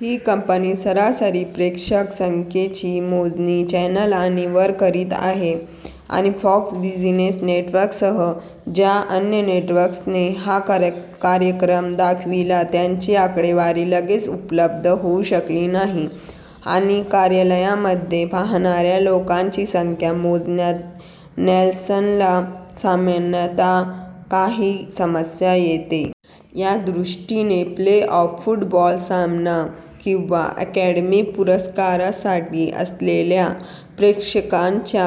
ही company सरासरी प्रेक्षक संख्येची मोजणी, चॅनल आणि वर करीत आहे., आणि फॉक्स बिझिनेस नेटवर्कसह ज्या अन्य नेटवर्क्सने हा कार्यक्रम दाखविला त्यांची आकडेवारी लगेच उपलब्ध होऊ शकली नाही. आणि कार्यालयांमध्ये पाहणाऱ्या लोकांची संख्या मोजण्यात नेल्सनला सामान्यतः काही समस्या येते. या दृष्टिने, प्लेऑफ फूटबॉल सामना किंवा अकॅडमी पुरस्कारासाठी असलेल्या प्रेक्षकांच्या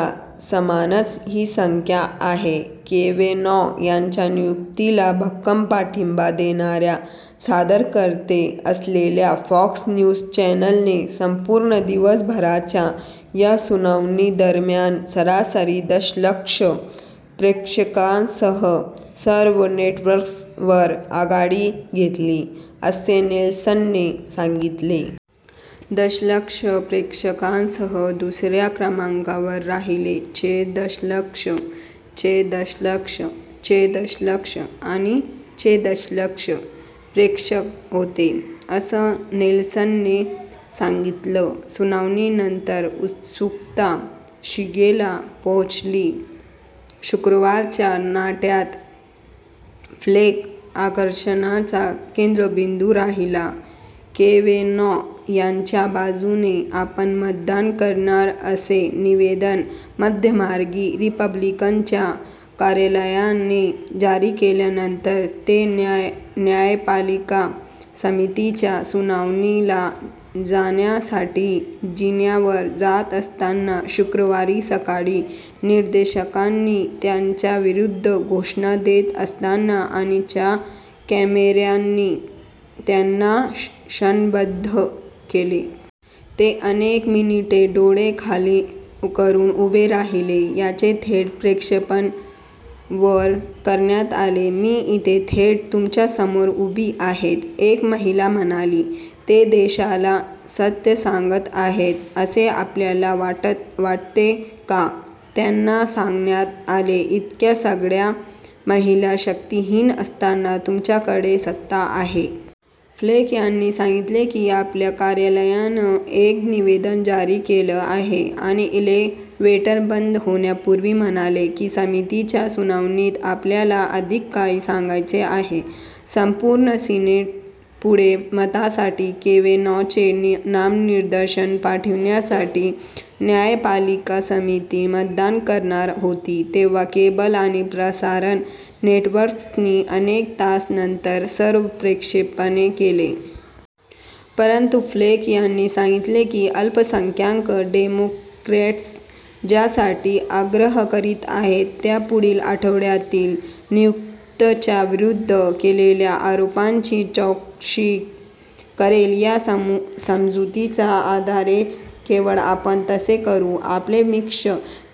समानच ही संख्या आहे. केवेनॉ यांच्या नियुक्तीला भक्कम पाठिंबा देणाऱ्या सादरकर्ते असलेल्या, फॉक्स न्यूज चॅनलने, संपूर्ण दिवसभराच्या या सुनावणीदरम्यान सरासरी दशलक्ष प्रेक्षकांसह सर्व नेटवर्क्सवर आघाडी घेतली, असे नेल्सनने सांगितले. दशलक्ष प्रेक्षकांसह दुसऱ्या क्रमांकावर राहिले. चे दशलक्ष, चे दशलक्ष, चे दशलक्ष आणि चे दशलक्ष प्रेक्षक होते, असं नेल्सनने सांगितलं. सुनावणीनंतर उत्सुकता शिगेला पोहोचली. शुक्रवारच्या नाट्यात फ्लेक आकर्षणाचा केंद्रबिंदू राहिला. केवेनॉ यांच्या बाजूने आपण मतदान करणार असे निवेदन मध्यमार्गी रिपब्लिकनच्या कार्यालयाने जारी केल्यानंतर, ते न्यायपालिका समितीच्या सुनावणीला जाण्यासाठी जिन्यावर जात असताना शुक्रवारी सकाळी निदर्शकांनी त्यांच्याविरुद्ध घोषणा देत असताना आणि च्या कॅमेऱ्यांनी त्यांना क्षणबद्ध केले. ते अनेक मिनिटे डोळे खाली करुन उभे राहिले, याचे थेट प्रक्षेपण वर करण्यात आले. "मी इथे थेट तुमच्यासमोर उभी आहे," एक महिला म्हणाली. "ते देशाला सत्य सांगत आहेत असे आपल्याला वाटते का? त्यांना सांगण्यात आले, "इतक्या सगळ्या महिला शक्तिहीन असताना तुमच्याकडे सत्ता आहे. " फ्लेक यांनी सांगितलं की आपल्या कार्यालयानं एक निवेदन जारी केलं आहे आणि इलेवेटर बंद होण्यापूर्वी म्हणाले, की समितीच्या सुनावणीत आपल्याला अधिक काही सांगायचे आहे. संपूर्ण सिनेटपुढे मतासाठी केवेनॉचे नामनिर्देशन पाठविण्यासाठी न्यायपालिका समिती मतदान करणार होती, तेव्हा केबल आणि प्रसारण नेटवर्क्सनी अनेक तास नंतर सर्व प्रक्षेपणे केले. परंतु फ्लेक यांनी सांगितले की अल्पसंख्याक डेमोक्रॅट्स ज्यासाठी आग्रह करीत आहेत, त्या पुढील आठवड्यातील नियुक्तच्या विरुद्ध केलेल्या आरोपांची चौकशी करेल या समजुतीच्या आधारेच केवळ आपण तसे करु. आपले मिक्ष,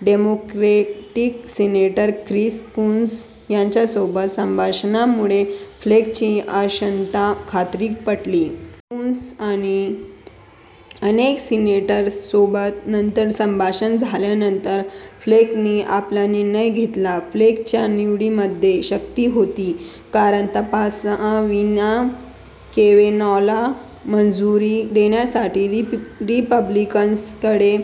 डेमोक्रेटिक सिनेटर ख्रिस कून्स यांच्यासोबत संभाषणांमुळे फ्लेकची अंशतः खात्री पटली. कून्स आणि अनेक सिनेटर्ससोबत नंतर संभाषण झाल्यानंतर, फ्लेकनी आपला निर्णय घेतला. फ्लेकच्या निवडीमध्ये शक्ति होती, कारण तपासाविना केवेनॉला मंजुरी देण्यासाठी रिपब्लिकन्सकडे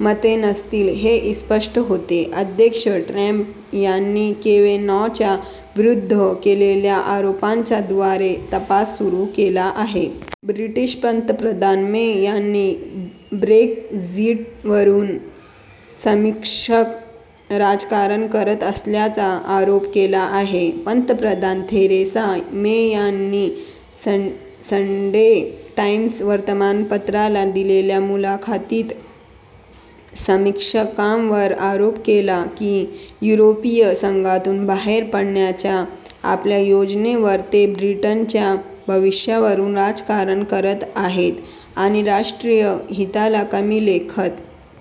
मते नसतील हे स्पष्टच होते. अध्यक्ष ट्रम्प यांनी केवेनॉच्या विरुद्ध केलेल्या आरोपांचा द्वारे तपास सुरु केला आहे. ब्रिटीश पंतप्रधान मे यांनी ब्रेक्झिटवरुन समीक्षक 'राजकारण करत असल्याचा' आरोप केला आहे पंतप्रधान थेरेसा मे यांनी संडे टाईम्स वर्तमानपत्राला दिलेल्या मुलाखतीत समीक्षकांवर आरोप केला की युरोपिय संघातून बाहेर पडण्याच्या आपल्या योजनेवर ते ब्रिटनच्या भविष्यावरुन "राजकारण करत आहेत" आणि राष्ट्रीय हिताला कमी लेखत